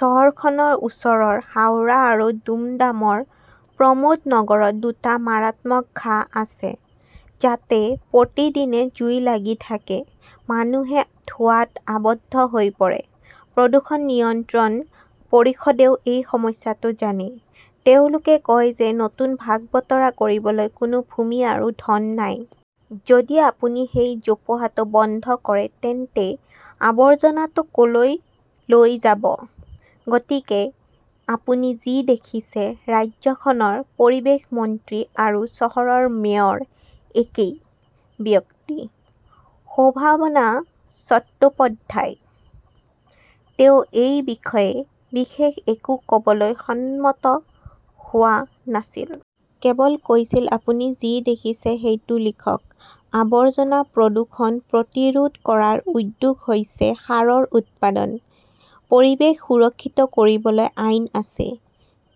চহৰখনৰ ওচৰৰ হাওৰা আৰু দুমডামৰ প্ৰমোদনগৰত দুটা মাৰাত্মক ঘাঁহ আছে। যাতে প্ৰতিদিনে জুই লাগি থাকে, মানুহে ধোঁৱাত আৱদ্ধ হৈ পৰে। প্ৰদূষণ নিয়ন্ত্ৰণ পৰিষদেও এই সমস্যাটো জানে। তেওঁলোকে কয় যে নতুন ভাগ বতৰা কৰিবলৈ কোনো ভূমি আৰু ধন নাই। যদি আপুনি সেই জোপোহাটো বন্ধ কৰে তেন্তে আৱৰ্জনাটো কলৈ লৈ যাব? গতিকে আপুনি যি দেখিছে, ৰাজ্যখনৰ পৰিৱেশ মন্ত্ৰী আৰু চহৰৰ মেয়ৰ একেই ব্যক্তি শোভনা চট্টোপাধ্যায়। তেওঁ এই বিষয়ে বিশেষ একো কবলৈ সন্মত হোৱা নাছিল। কেৱল কৈছিল, আপুনি যি দেখিছে সেইটো লিখক। আৱৰ্জনা-প্ৰদূষণ প্ৰতিৰোধ কৰাৰ উদ্যোগ হৈছে সাৰৰ উৎপাদন। পৰিৱেশ সুৰক্ষিত কৰিবলৈ আইন আছে।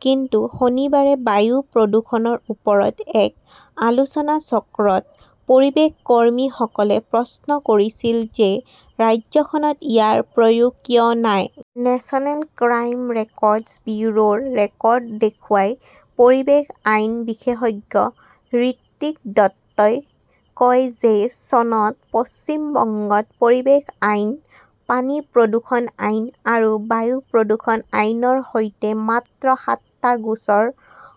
কিন্তু শনিবাৰে বায়ু প্ৰদূষণৰ ওপৰত এক আলোচনাচক্ৰত পৰিৱেশ কৰ্মীসকলে প্ৰশ্ন কৰিছিল যে, ৰাজ্যখনত ইয়াৰ প্ৰয়োগ কিয় নাই? নেচনেল ক্ৰাইম ৰেকৰ্ডছ ব্যুৰোৰ ৰেকৰ্ড দেখুৱাই পৰিৱেশ আইন বিশেষজ্ঞ ঋত্বিক দত্তই কয় যে চনত পশ্চিম বংগত পৰিৱেশ আইন, পানী প্ৰদূষণ আইন আৰু বায়ু প্ৰদূষণ আইনৰ সৈতে মাত্ৰ সাতটা গোচৰ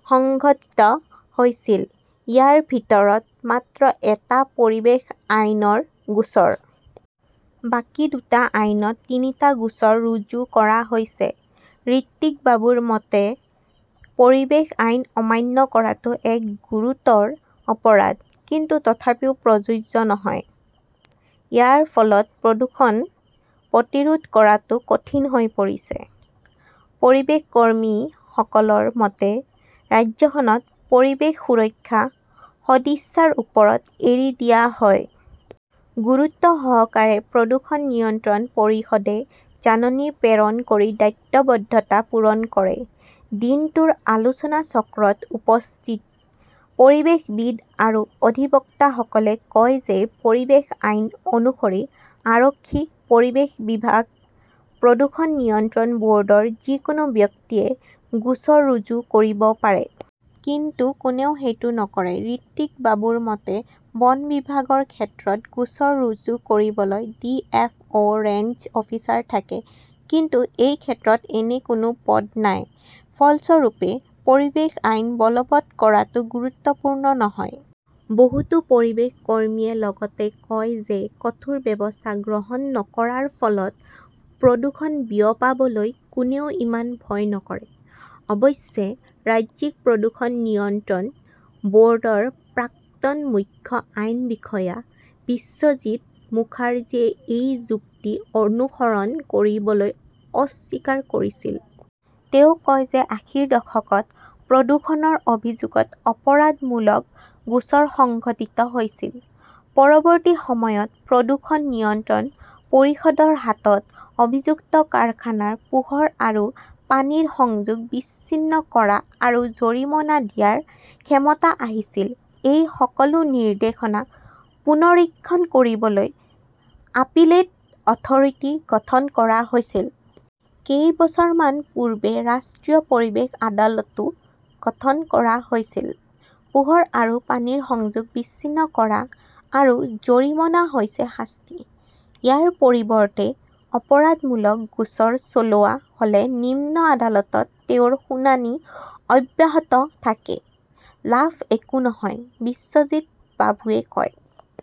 সংঘটিত হৈছিল। ইয়াৰ ভিতৰত মাত্ৰ এটা পৰিৱেশ আইনৰ গোচৰ! বাকী দুটা আইনত তিনিটা গোচৰ ৰুজু কৰা হৈছে। ঋত্বিক বাবুৰ মতে, পৰিৱেশ আইন অমান্য কৰাটো এক গুৰুতৰ অপৰাধ। কিন্তু তথাপিও প্ৰযোজ্য নহয়। ইয়াৰ ফলত প্ৰদূষণ প্ৰতিৰোধ কৰাটো কঠিন হৈ পৰিছে। পৰিৱেশ কৰ্মীসকলৰ মতে, ৰাজ্যখনত পৰিৱেশ সুৰক্ষা সদিচ্ছাৰ ওপৰত এৰি দিয়া হয়। গুৰুত্বসহকাৰে প্ৰদূষণ নিয়ন্ত্ৰণ পৰিষদে জাননী প্ৰেৰণ কৰি দায়বদ্ধতা পূৰণ কৰে। দিনটোৰ আলোচনাচক্ৰত উপস্থিত পৰিৱেশবিদ আৰু অধিবক্তাসকলে কয় যে পৰিৱেশ আইন অনুসৰি আৰক্ষী, পৰিৱেশ বিভাগ, প্ৰদূষণ নিয়ন্ত্ৰণ বৰ্ডৰ যিকোনো ব্যক্তিয়ে গোচৰ ৰুজু কৰিব পাৰে। কিন্তু কোনেও সেইটো নকৰে। ঋত্বিক বাবুৰ মতে, বন বিভাগৰ ক্ষেত্ৰত গোচৰ ৰুজু কৰিবলৈ D. F. O range officer থাকে। কিন্তু এই ক্ষেত্ৰত এনে কোনো পদ নাই। ফলস্বৰূপে, পৰিৱেশ আইন বলৱৎ কৰাটো গুৰুত্বপূৰ্ণ নহয়। বহুতো পৰিৱেশ কৰ্মীয়ে লগতে কয় যে কঠোৰ ব্যৱস্থা গ্ৰহণ নকৰাৰ ফলত প্ৰদূষণ বিয়পাবলৈ কোনেও ইমান ভয় নকৰে। অৱশ্যে, ৰাজ্যিক প্ৰদূষণ নিয়ন্ত্ৰণ বৰ্ডৰ প্ৰাক্তন মুখ্য আইন বিষয়া বিশ্বজিত মুখাৰ্জীয়ে এই যুক্তি অনুসৰণ কৰিবলৈ অস্বীকাৰ কৰিছিল। তেওঁ কয় যে আশীৰ দশকত প্ৰদূষণৰ অভিযোগত অপৰাধমূলক গোচৰ সংঘটিত হৈছিল। পৰৱৰ্তী সময়ত প্ৰদূষণ নিয়ন্ত্ৰণ পৰিষদৰ হাতত অভিযুক্ত কাৰখানাৰ পোহৰ আৰু পানীৰ সংযোগ বিচ্ছিন্ন কৰা আৰু জৰিমনা দিয়াৰ ক্ষমতা আহিছিল। এই সকলো নিৰ্দেশনা পুনৰীক্ষণ কৰিবলৈ 'আপিলেট অথৰিটি 'গঠন কৰা হৈছিল। কেইবছৰমান পূৰ্বে ৰাষ্ট্ৰীয় পৰিৱেশ আদালতও গঠন কৰা হৈছিল। পোহৰ আৰু পানীৰ সংযোগ বিচ্ছিন্ন কৰা আৰু জৰিমনা হৈছে শাস্তি। ইয়াৰ পৰিৱৰ্তে অপৰাধমূলক গোচৰ চলোৱা হলে নিম্ন আদালতত তেওঁৰ শুনানি অব্যাহত থাকে। লাভ একো নহয়, বিশ্বজিত বাবুৱে কয়।